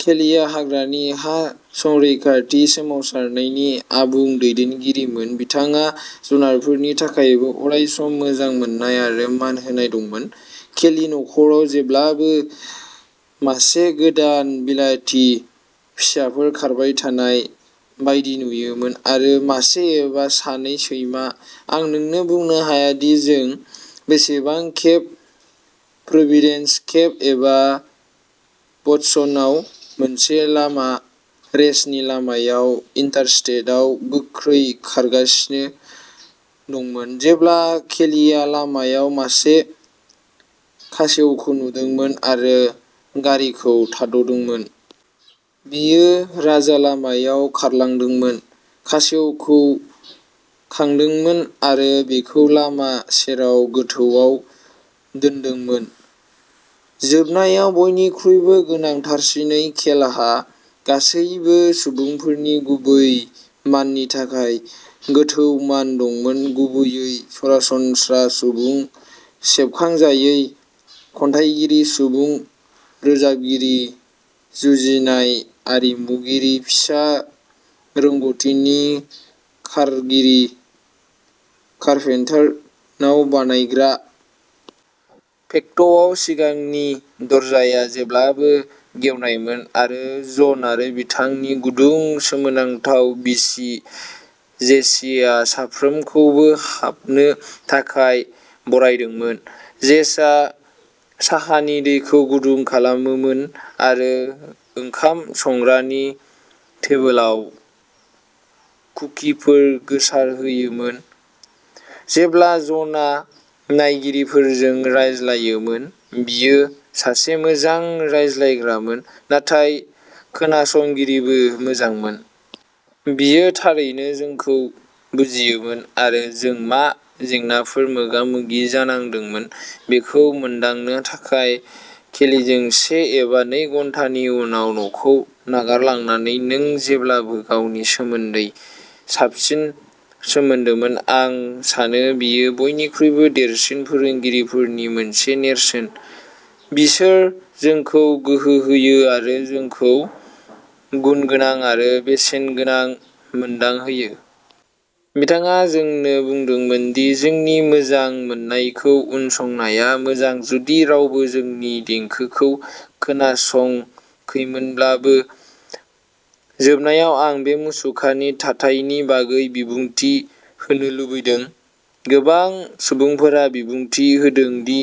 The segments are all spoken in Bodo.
केलिआ हाग्रानि हा-संरैखाथि सोमावसारनायनि आबुं दैदेनगिरिमोन। बिथांहा जुनारफोरनि थाखायबो अरायसम मोजां मोननाय आरो मान होनाय दंमोन। केलि नख'राव जेब्लाबो मासे गोदान बिलाथि फिसाफोर खारबाय थानाय बायदि नुयोमोन, आरो मासे एबा सानै सैमा। आं नोंनो बुंनो हाया दि जों बेसेबां खेब प्रोभिडेन्स, केप, एबा बस्टनआव मोनसे लामा रेसनि लामायाव इन्टारस्टेट आव गोख्रै खारगासिनो दंमोन, जेब्ला केलिआ लामायाव मासे खासेवखौ नुदोंमोन, आरो गारिखौ थाद'दोंमोन। बियो राजालामायाव खारलांदोंमोन, खासेवखौ खांदोंमोन, आरो बेखौ लामा सेराव गोथौआव दोन्दोंमोन। जोबनायाव, बयनिख्रुइबो गोनांथारसिनै, केलहा गासैबो सुबुंफोरनि गुबै माननि थाखाय गोथौ मान दंमोन, गुबैयै सरासनस्रा सुबुं, सेबखांजायै खन्थाइगिरि, सुबुं रोजाबगिरि, जुजिनाय आरिमुगिरि, फिसा रोंग'थिनि खारगिरि, कारपेंटर, नाव बानायग्रा। पेक'टआव सिगांनि दरजाया जेब्लाबो गेवनायमोन, आरो जन आरो बिथांनि गुदुं, सोमोनांथाव बिसि जेसिआ साफ्रोमखौबो हाबनो थाखाय बरायदोंमोन। जेसआ साहानि दैखौ गुदुं खालामोमोन, आरो ओंखाम संग्रानि टेबोलाव कुकिफोर गोसारहोयोमोन। जेब्ला जनआ नायगिरिफोरजों रायज्लायोमोन। बियो सासे मोजां रायज्लायग्रामोन, नाथाय खोनासंगिरिबो मोजांमोन। बियो थारैनो जोंखौ बुजियोमोन, आरो जों मा जेंनाफोर मोगा-मोगि जानांदोंमोन बेखौ मोनदांनो थाखाय। केलिजों से एबा नै घन्टानि उनाव न'खौ नागारलांनानै, नों जेब्लाबो गावनि सोमोन्दै साबसिन मोनदोंमोन। आं सानो बेयो बयनिख्रुइबो देरसिन फोरोंगिरिफोरनि मोनसे नेरसोन-- बिसोर जोंखौ गोहो होयो आरो जोंखौ गुनगोनां आरो बेसेनगोनां मोनदांहोयो। बिथाङा जोंनो बुंदोंमोन दि जोंनि मोजां मोननायखौ उनसंनाया मोजां, जुदि रावबो जोंनि देंखोखौ खोनासंाखैमोनब्लाबो। जोबनायाव, आं बे मुसुखानि थाथायनि बागै बिबुंथि होनो लुबैदों। गोबां सुबुंफोरा बिबुंथि होदों दि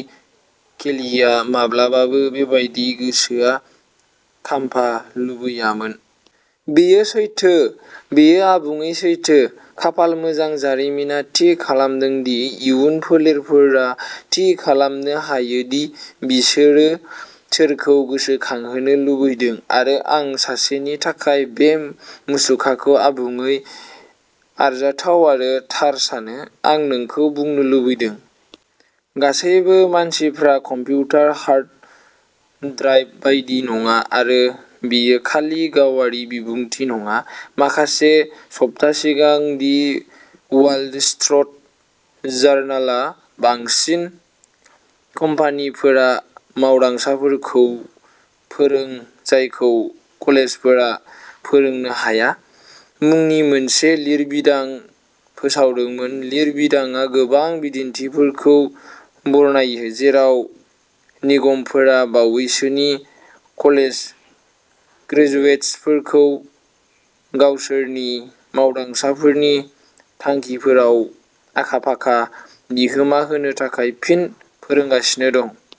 केलिआ माब्लाबाबो बेबादि गोसोखां खाम्फा लुबैयामोन। बेयो सैथो। बेयो आबुङै सैथो। खाफाल मोजां, जारिमिना थि खालामदों दि इयुन फोलेरफोरा थि खालामनो हायो दि बिसोरो सोरखौ गोसोखांहोनो लुबैदों। आरो आं, सासेनि थाखाय, बे मुसुखाखौ आबुङै आरजाथाव आरो थार सानो। आं नोंखौ बुंनो लुबैदों। गासैबो, मानसिफ्रा कम्पिउटार हार्ड ड्राइभ बायदि नङा। आरो बेयो खालि गावारि बिबुंथि नङा। माखासे सप्ता सिगां दि वाल स्ट्रिट जार्नाला "बांसिन कम्पानिफोरा मावदांसाफोरखौ फोरोंो जायखौ कलेजफोरा फोरोंनो हाया" मुंनि मोनसे लिरबिदां फोसावदोंमोन। लिरबिदांआ गोबां बिदिन्थिफोरखौ बरनायो जेराव निगमफोरा बावैसोनि कलेज ग्रेजुएट्सफोरखौ गावसोरनि मावदांसाफोरनि थांखिफोराव आखा-फाखा बिहोमा होनो थाखाय फिन फोरोंगासिनो दं।